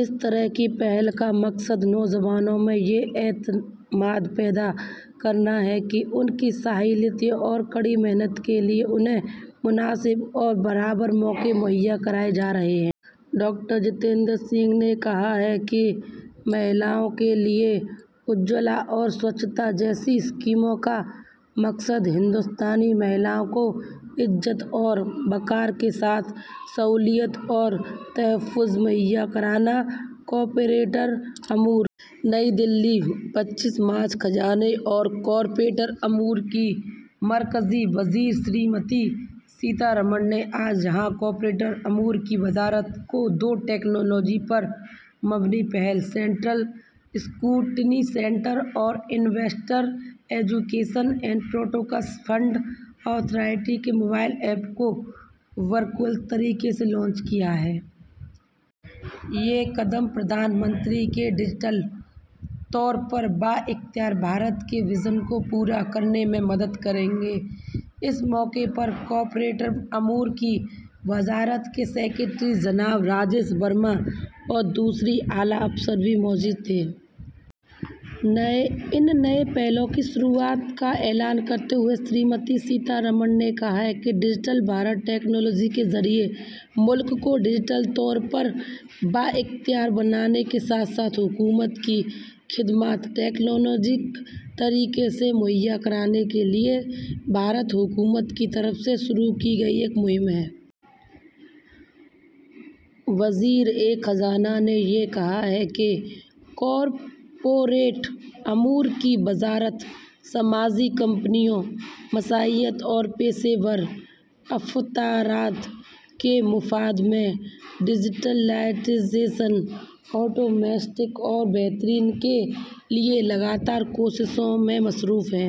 اس قسم کی پہل کو نوجوانوں کو اس بات کے لیے پر اعتماد کرنے کے مقصد سے تیار کیا گیا ہے کہ انہیں ان کی صلاحیت اور کڑی محنت کے لیے مناسب اور یکساں مواقع فراہم کیے جا رہے ہیں۔ ڈاکٹر جتیندر سنگھ نے کہا کہ خواتین کے معاملے میں اجولا اور سوچھتا جیسی اسکیموں کا مقصد ہندوستانی خواتین کو عزت و وقار کے ساتھ سہولت اور تحفظ فراہم کرنا ہے۔ کارپوریٹ امور نئی دہلی پچیس مارچ خزانے اور کارپوریٹ امور کی مرکزی وزیر محترمہ سیتا رمن نے آج یہاں کارپوریٹ امور کی وزارت کی دو ٹیک انیبل پہل سینٹرل اسکروٹنی سینٹر اور investor education and protection fund authority mobile app کو ورچوئل طریقے سے لانچ کیا۔ یہ اقدامات وزیر اعظم کے ڈجیٹل طور سے بھارت کو با اختیار بنانے کے ویژن کو پورا کرنے میں مدد دیں گے۔ اس موقع پر کارپوریٹ امور کی وزارت کے سکریٹری جناب راجیش ورما اور دیگر اعلیٰ عہدیدار بھی موجود تھے۔ ان نئے اقدامات کے آغاز کا اعلان کرتے ہوئے محترمہ سیتا رمن نے کہا کہ ڈجیٹل بھارت ٹیکنالوجی کے شعبے میں ملک کو ڈجیٹل طور پر بااختیار بنانے کے ساتھ ساتھ حکومت کی خدمات الیکٹرانک طریقے سے دستیاب کرانے کے لیے بھارتی حکومت کے ذریعے شروع کی گئی ایک مہم ہے۔ وزیر خزانہ نے یہ بھی کہا کہ کارپوریٹ امور کی وزارت سماج کمپنیوں معیشت اور پیشہ ور افراد کے مفاد کے لیے ڈجیٹائزیشن آٹومیشن اور بہتری کے لیے مسلسل کوششوں میں مصروف ہے۔